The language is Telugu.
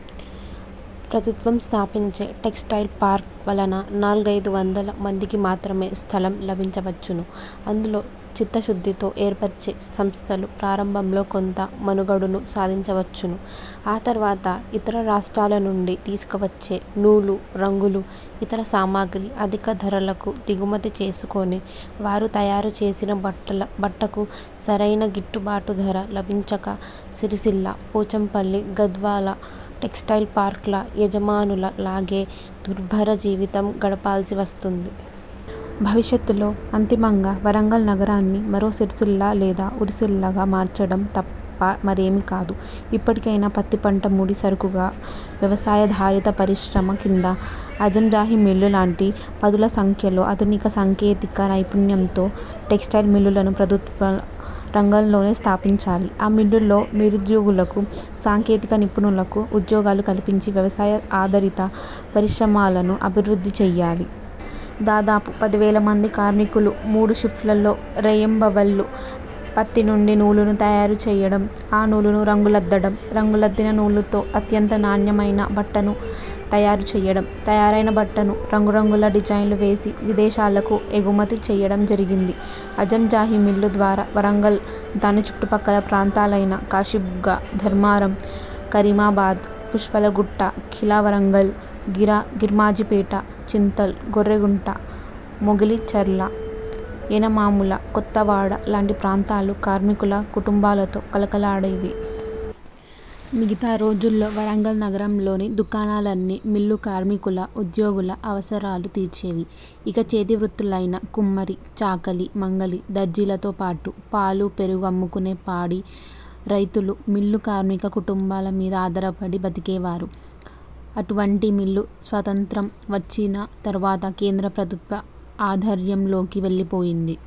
ప్రభుత్వం స్థాపించే టెక్స్టైల్ పార్క్ వలన నాలుగైదు వందల మందికి మాత్రమే స్థలం లభించవచ్చును. అందులో చిత్తశుద్ధితో ఏర్పరచే సంస్థలు ప్రారంభంలో కొంత మనుగడను సాధించవచ్చును. ఆ తర్వాత ఇతర రాష్ట్రాల నుండి తీసుకువచ్చే నూలు, రంగులు, ఇతర సామాగ్రి అధిక ధరలకు దిగుమతి చేసుకుని, వారు తయారు చేసిన బట్టకు సరియైన గిట్టుబాటు ధర లభించక సిరిసిల్ల, పోచంపల్లి, గద్వాల టెక్స్టైల్స్ పార్క్ల యజమానుల లాగే దుర్భర జీవితం గడపాల్సి వస్తుంది. భవిష్యత్లో అంతిమంగా వరంగల్ నగరాన్ని మరో సిరిసిల్ల లేదా ఉరిసిల్లగా మార్చడం తప్ప మరేమీ కాదు. ఇప్పటికైనా పత్తిపంట ముడి సరుకుగా వ్యవసాయాధారిత పరిశ్రమ కింద ఆజాంజాహి మిల్లు లాంటి పదుల సంఖ్యలో ఆధునిక సాంకేతిక నైపుణ్యంతో టెక్స్టైల్ మిల్లులను ప్రభుత్వ రంగంలోనే స్థాపించాలి. ఆ మిల్లుల్లో నిరుద్యోగులకు, సాంకేతిక నిపుణులకు ఉద్యోగాలు కల్పించి వ్యవసాయ ఆధారిత పరిశ్రమలను అభివృద్ధి చేయాలి. దాదాపు పదివేల మంది కార్మికులు మూడు షిప్టులలో రేయింబవళ్ళు పత్తి నుండి నూలును తయారు చేయడం, ఆ నూలుకు రంగులద్దడం, రంగులద్దిన నూలుతో అత్యంత నాణ్యమయిన బట్టను తయారు చేయడం, తయారైన బట్టను రంగురంగుల డిజైన్లు వేసి విదేశాలకు ఎగుమతి చేయడం జరిగింది. ఆజాంజాహి మిల్లు ద్వారా వరంగల్, దాని చుట్టుపక్కల ప్రాంతాలయిన కాశిబుగ్గ, ధర్మారం, కరీమాబాద్, పుప్పాలగుట్ట, ఖీలా వరంగల్, గిర్మాజిపేట, చింతల్, గొర్రెకుంట, మొగిలిచర్ల, ఎనమాముల, కొత్తవాడ లాంటి ప్రాంతాలు కార్మికుల కుటుంబాలతో కళకళలాడేవి. మిగతా రోజుల్లో వరంగల్ నగరంలోని దుకాణాలన్నీ మిల్లు కార్మికుల, ఉద్యోగుల అవసరాలు తీర్చేవి. ఇక చేతి వృత్తులయిన కుమ్మరి, చాకలి, మంగలి, దర్జీలతో పాటు, పాలు, పెరుగు అమ్ముకునే పాడి రైతులు మిల్లు కార్మిక కుటుంబాల మీద ఆధారపడి బతికేవారు. అటువంటి మిల్లు స్వాతంత్య్రం వచ్చిన తర్వాత కేంద్ర ప్రభుత్వ ఆధ్వర్యంలోకి వెళ్ళిపోయింది.